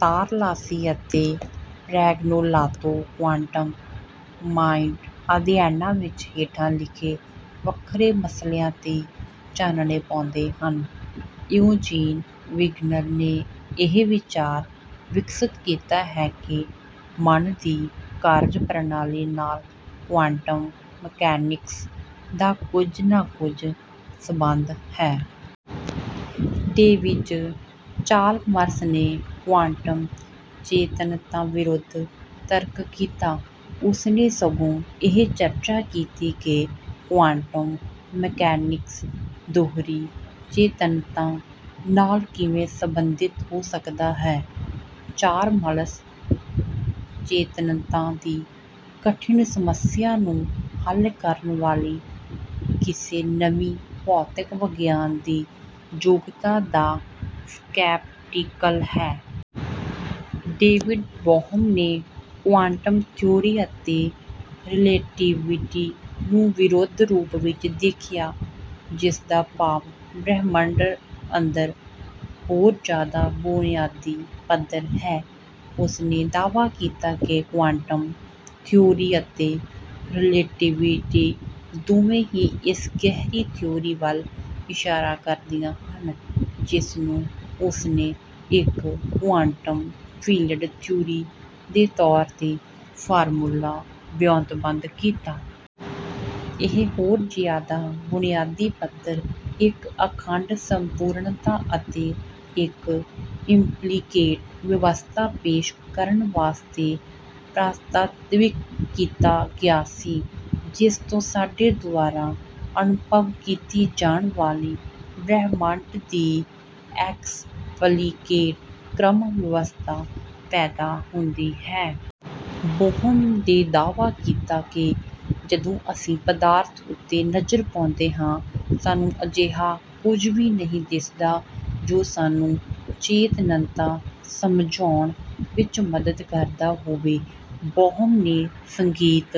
ਤਾਰਲਾਸੀ ਅਤੇ Pregnolato quantum mind ਅਧਿਐਨਾਂ ਵਿੱਚ ਹੇਠਾਂ ਲਿਖੇ ਵੱਖਰੇ ਮਸਲਿਆਂ ਤੇ ਚਾਨਣੇ ਪਾਉਂਦੇ ਹਨ। ਇਉਜੀਨ ਵਿਗਨਰ ਨੇ ਇਹ ਵਿਚਾਰ ਵਿਕਸਿਤ ਕੀਤਾ ਹੈ ਕਿ ਮਨ ਦੀ ਕਾਰਜ ਪ੍ਰਣਾਲੀ ਨਾਲ ਕੁਆਂਟਮ ਮਕੈਨਿਕਸ ਦਾ ਕੁੱਝ ਨਾ ਕੁੱਝ ਸਬੰਧ ਹੈ। ਡੇਵਿਡ ਚਾਲਮਰਸ ਨੇ ਕੁਆਂਟਮ ਚੇਤੰਨਤਾ ਵਿਰੁੱਧ ਤਰਕ ਕੀਤਾ। ਉਸਨੇ ਸਗੋਂ ਇਹ ਚਰਚਾ ਕੀਤੀ ਕਿ ਕੁਆਂਟਮ ਮਕੈਨਿਕਸ ਦੋਹਰੀ ਚੇਤੰਨਤਾ ਨਾਲ ਕਿਵੇਂ ਸਬੰਧਿਤ ਹੋ ਸਕਦਾ ਹੈ। ਚਾਲਮਰਸ ਚੇਤੰਨਤਾ ਦੀ ਕਠਿਨ ਸਮੱਸਿਆ ਨੂੰ ਹੱਲ ਕਰਨ ਵਾਲੀ ਕਿਸੇ ਨਵੀਂ ਭੌਤਿਕ ਵਿਗਿਆਨ ਦੀ ਯੋਗਤਾ ਦਾ ਸਕੈਪਟੀਕਲ ਹੈ। ਡੇਵਿਡ ਬੋਹਮ ਨੇ ਕੁਆਂਟਮ ਥਿਊਰੀ ਅਤੇ ਰਿਲੇਟੀਵਿਟੀ ਨੂੰ ਵਿਰੋਧੀ ਰੂਪ ਵਿੱਚ ਦੇਖਿਆ ਜਿਸਦਾ ਭਾਵ ਬ੍ਰਹਿਮੰਡ ਅੰਦਰ ਹੋਰ ਜਿਆਦਾ ਬੁਨਿਆਦੀ ਪੱਧਰ ਹੈ। ਉਸਨੇ ਦਾਅਵਾ ਕੀਤਾ ਕਿ ਕੁਆਂਟਮ ਥਿਊਰੀ ਅਤੇ ਰਿਲੇਟੀਵਿਟੀ ਦੋਵੇਂ ਹੀ ਇਸ ਗਹਿਰੀ ਥਿਊਰੀ ਵੱਲ ਇਸ਼ਾਰਾ ਕਰਦੀਆਂ ਹਨ ਜਿਸਨੂੰ ਉਸਨੇ ਇੱਕ ਕੁਆਂਟਮ ਫੀਲਡ ਥਿਊਰੀ ਦੇ ਤੌਰ ਤੇ ਫਾਰਮੂਲਾ ਵਿਓਂਤਬੱਧ ਕੀਤਾ। ਇਹ ਹੋਰ ਜਿਆਦਾ ਬੁਨਿਆਦੀ ਪੱਧਰ ਇੱਕ ਅਖੰਡ ਸੰਪੂਰਣਤਾ ਅਤੇ ਇੱਕ ਇੰਪਲੀਕੇਟ ਵਿਵਸਥਾ ਪੇਸ਼ ਕਰਨ ਵਾਸਤੇ ਪ੍ਰਸਤਾਵਿਤ ਕੀਤਾ ਗਿਆ ਸੀ ਜਿਸਤੋਂ ਸਾਡੇ ਦੁਆਰਾ ਅਨੁਭਵ ਕੀਤੀ ਜਾਣ ਵਾਲੀ ਬ੍ਰਹਿਮੰਡ ਦੀ ਐਕਸਪਲੀਕੇਟ ਕ੍ਰਮ ਵਿਵਸਥਾ ਪੈਦਾ ਹੁੰਦੀ ਹੈ। ਬੋਹਮ ਦੇ ਦਾਅਵਾ ਕੀਤਾ ਕਿ ਜਦੋਂ ਅਸੀਂ ਪਦਾਰਥ ਉੱਤੇ ਨਜ਼ਰ ਪਾਉਂਦੇ ਹਾਂ ਸਾਨੂੰ ਅਜਿਹਾ ਕੁੱਝ ਵੀ ਨਹੀਂ ਦਿਸਦਾ ਜੋ ਸਾਨੂੰ ਚੇਤਨੰਤਾ ਸਮਝਾਉਣ ਵਿੱਚ ਮੱਦਦ ਕਰਦਾ ਹੋਵੇ। ਬੋਹਮ ਨੇ ਸੰਗੀਤ